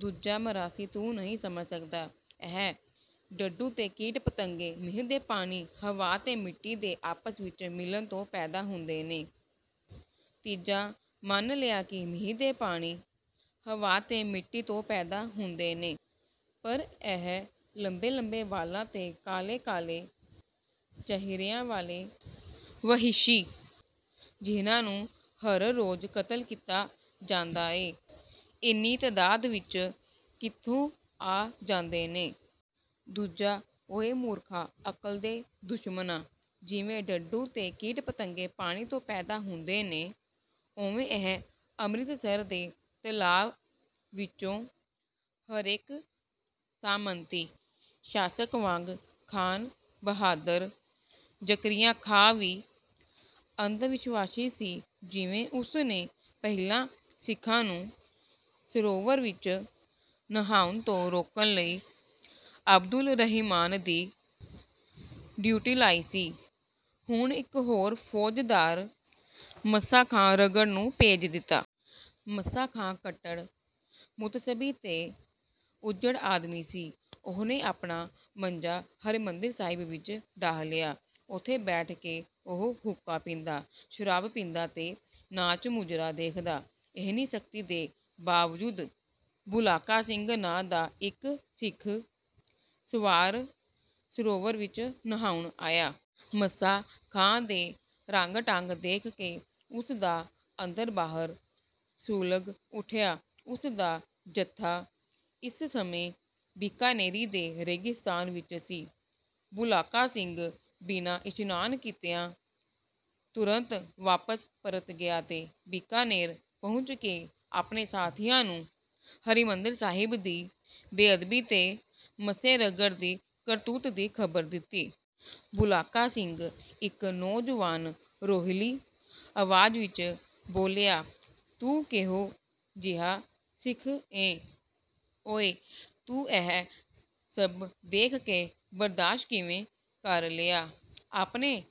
ਦੂਜਾ ਮਰਾਸੀ, "ਤੂੰ ਨਹੀਂ ਸਮਝ ਸਕਦਾ। ਇਹ ਡੱਡੂ ਤੇ ਕੀਟ-ਪਤੰਗੇ ਮੀਂਹ ਦੇ ਪਾਣੀ, ਹਵਾ ਤੇ ਮਿੱਟੀ ਦੇ ਆਪਸ ਵਿੱਚ ਮਿਲਣ ਤੋਂ ਪੈਦਾ ਹੁੰਦੇ ਨੇ।" ਤੀਜਾ, "ਮੰਨ ਲਿਆ ਕਿ ਮੀਂਹ ਦੇ ਪਾਣੀ, ਹਵਾ ਤੇ ਮਿੱਟੀ ਤੋਂ ਪੈਦਾ ਹੁੰਦੇ ਨੇ ਪਰ ਇਹ ਲੰਮੇ ਲੰਮੇ ਵਾਲਾਂ ਤੇ ਕਾਲੇ ਕਾਲੇ ਚਿਹਰਿਆਂ ਵਾਲੇ ਵਹਿਸ਼ੀ, ਜਿਹਨਾਂ ਨੂੰ ਹਰ ਰੋਜ਼ ਕਤਲ ਕੀਤਾ ਜਾਂਦਾ ਏ, ਇੰਨੀ ਤਾਦਾਤ ਵਿੱਚ ਕਿੱਥੋਂ ਆ ਜਾਂਦੇ ਨੇ?" ਦੂਜਾ, "ਓਏ ਮੂਰਖਾ, ਅਕਲ ਦੇ ਦੁਸ਼ਮਣਾ। ਜਿਵੇਂ ਡੱਡੂ ਤੇ ਕੀਟ-ਪਤੰਗੇ, ਪਾਣੀ ਤੋਂ ਪੈਦਾ ਹੁੰਦੇ ਨੇ, ਓਵੇਂ ਇਹ ਅੰਮ੍ਰਿਤਸਰ ਦੇ ਤਲਾਅ ਵਿੱਚੋਂ।" ਹਰੇਕ ਸਾਮੰਤੀ ਸ਼ਾਸਕ ਵਾਂਗ ਖਾਨ ਬਹਾਦਰ ਜ਼ਕਰੀਆ ਖਾਂ ਵੀ ਅੰਧਵਿਸ਼ਵਾਸੀ ਸੀ। ਜਿਵੇਂ ਉਸਨੇ ਪਹਿਲਾਂ ਸਿੱਖਾਂ ਨੂੰ ਸਰੋਵਰ ਵਿੱਚ ਨਹਾਉਣ ਤੋਂ ਰੋਕਣ ਲਈ ਅਬਦੁਲ ਰਹਿਮਾਨ ਦੀ ਡਿਊਟੀ ਲਾਈ ਸੀ, ਹੁਣ ਇੱਕ ਹੋਰ ਫੌਜਦਾਰ ਮੱਸਾ ਖਾਂ ਰੰਘੜ ਨੂੰ ਭੇਜ ਦਿੱਤਾ। ਮੱਸਾ ਖਾਂ ਕੱਟੜ ਮੁਤੱਸਬੀ ਤੇ ਉੱਜੜ ਆਦਮੀ ਸੀ। ਉਸਨੇ ਆਪਣਾ ਮੰਜਾ ਹਰਿਮੰਦਰ ਸਾਹਿਬ ਵਿੱਚ ਡਾਹ ਲਿਆ। ਉੱਥੇ ਬੈਠ ਕੇ ਉਹ ਹੁੱਕਾ ਪੀਂਦਾ, ਸ਼ਰਾਬ ਪੀਂਦਾ ਤੇ ਨਾਚ-ਮੁਜਰਾ ਦੇਖਦਾ। ਇੰਨੀ ਸਖਤੀ ਦੇ ਬਾਵਜੂਦ ਬੁਲਾਕਾ ਸਿੰਘ ਨਾਂ ਦਾ ਇੱਕ ਸਿੱਖ ਸਵਾਰ ਸਰੋਵਰ ਵਿੱਚ ਨਹਾਉਣ ਆਇਆ। ਮੱਸਾ ਖਾਂ ਦੇ ਰੰਗ-ਢੰਗ ਦੇਖ ਕੇ ਉਸਦਾ ਅੰਦਰ-ਬਾਹਰ ਸੁਲਗ ਉੱਠਿਆ। ਉਸਦਾ ਜੱਥਾ ਇਸ ਸਮੇਂ ਬੀਕਾਨੇਰ ਦੇ ਰੇਗਿਸਤਾਨ ਵਿੱਚ ਸੀ। ਬੁਲਾਕਾ ਸਿੰਘ ਬਿਨਾਂ ਇਸ਼ਨਾਨ ਕੀਤਿਆਂ ਤੁਰਤ ਵਾਪਸ ਪਰਤ ਗਿਆ ਤੇ ਬੀਕਾਨੇਰ ਪਹੁੰਚ ਕੇ ਆਪਣੇ ਸਾਥੀਆਂ ਨੂੰ ਹਰਿਮੰਦਰ ਸਾਹਿਬ ਦੀ ਬੇਅਦਬੀ ਤੇ ਮੱਸੇ ਰੰਘੜ ਦੀ ਕਰਤੂਤ ਦੀ ਖ਼ਬਰ ਦਿੱਤੀ। "ਬੁਲਾਕਾ ਸਿੰਘਾ।" ਇੱਕ ਨੌਜਵਾਨ ਰੋਹੀਲੀ ਆਵਾਜ਼ ਵਿੱਚ ਬੋਲਿਆ, "ਤੂੰ ਕਿਹੋ ਜਿਹਾ ਸਿੱਖ ਏਂ ਓਏ? ਤੂੰ ਇਹ ਸਭ ਦੇਖ ਕੇ ਬਰਦਾਸ਼ਤ ਕਿਵੇਂ ਕਰ ਲਿਆ? ਆਪਣੇ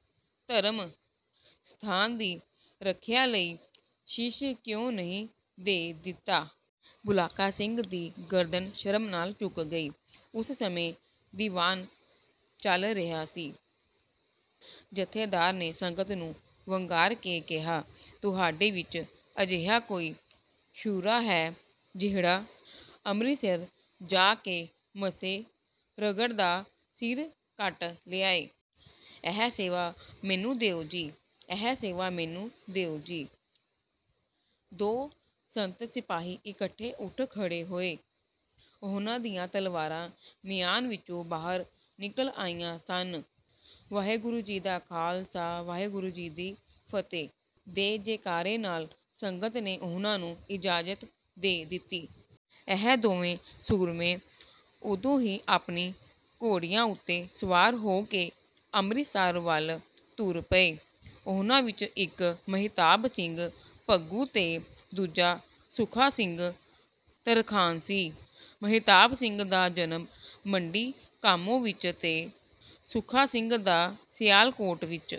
ਧਰਮ ਸਥਾਨ ਦੀ ਰੱਖਿਆ ਲਈ ਸੀਸ ਕਿਉਂ ਨਹੀਂ ਦੇ ਦਿੱਤਾ?" ਬੁਲਾਕਾ ਸਿੰਘ ਦੀ ਗਰਦਨ ਸ਼ਰਮ ਨਾਲ ਝੁਕ ਗਈ। ਉਸ ਸਮੇਂ ਦੀਵਾਨ ਚੱਲ ਰਿਹਾ ਸੀ। ਜਥੇਦਾਰ ਨੇ ਸੰਗਤ ਨੂੰ ਵੰਗਾਰ ਕੇ ਕਿਹਾ, "ਤੁਹਾਡੇ ਵਿੱਚ ਅਜਿਹਾ ਕੋਈ ਸੂਰਾ ਹੈ ਜਿਹੜਾ ਅੰਮ੍ਰਿਤਸਰ ਜਾ ਕੇ ਮੱਸੇ ਰੰਘੜ ਦਾ ਸਿਰ ਕੱਟ ਲਿਆਏ?" "ਇਹ ਸੇਵਾ ਮੈਨੂੰ ਦਿਓ ਜੀ।" "ਇਹ ਸੇਵਾ ਮੈਨੂੰ ਦਿਓ ਜੀ।" ਦੋ ਸੰਤ-ਸਿਪਾਹੀ ਇਕੱਠੇ ਉੱਠ ਖੜ੍ਹੇ ਹੋਏ। ਉਹਨਾਂ ਦੀਆਂ ਤਲਵਾਰਾਂ ਮਿਆਨ ਵਿੱਚੋਂ ਬਾਹਰ ਨਿਕਲ ਆਈਆਂ ਸਨ। "ਵਾਹਿਗੁਰੂ ਜੀ ਦਾ ਖਾਲਸਾ, ਵਾਹਿਗੁਰੂ ਜੀ ਦੀ ਫਤਿਹ" ਦੇ ਜੈਕਾਰੇ ਨਾਲ ਸੰਗਤ ਨੇ ਉਹਨਾਂ ਨੂੰ ਇਜਾਜ਼ਤ ਦੇ ਦਿੱਤੀ। ਇਹ ਦੋਹੇਂ ਸੂਰਮੇ ਉਦੋਂ ਹੀ ਆਪਣੇ ਘੋੜਿਆਂ ਉੱਤੇ ਸਵਾਰ ਹੋ ਕੇ ਅੰਮ੍ਰਿਤਸਰ ਵੱਲ ਤੁਰ ਪਏ। ਉਹਨਾਂ ਵਿੱਚ ਇੱਕ ਮਹਿਤਾਬ ਸਿੰਘ ਭੰਗੂ ਤੇ ਦੂਜਾ ਸੁੱਖਾ ਸਿੰਘ ਤਰਖਾਣ ਸੀ। ਮਹਿਤਾਬ ਸਿੰਘ ਦਾ ਜਨਮ ਮੰਡੀ ਕਾਮੋਂ ਵਿੱਚ ਤੇ ਸੁੱਖਾ ਸਿੰਘ ਦਾ ਸਿਆਲਕੋਟ ਵਿੱਚ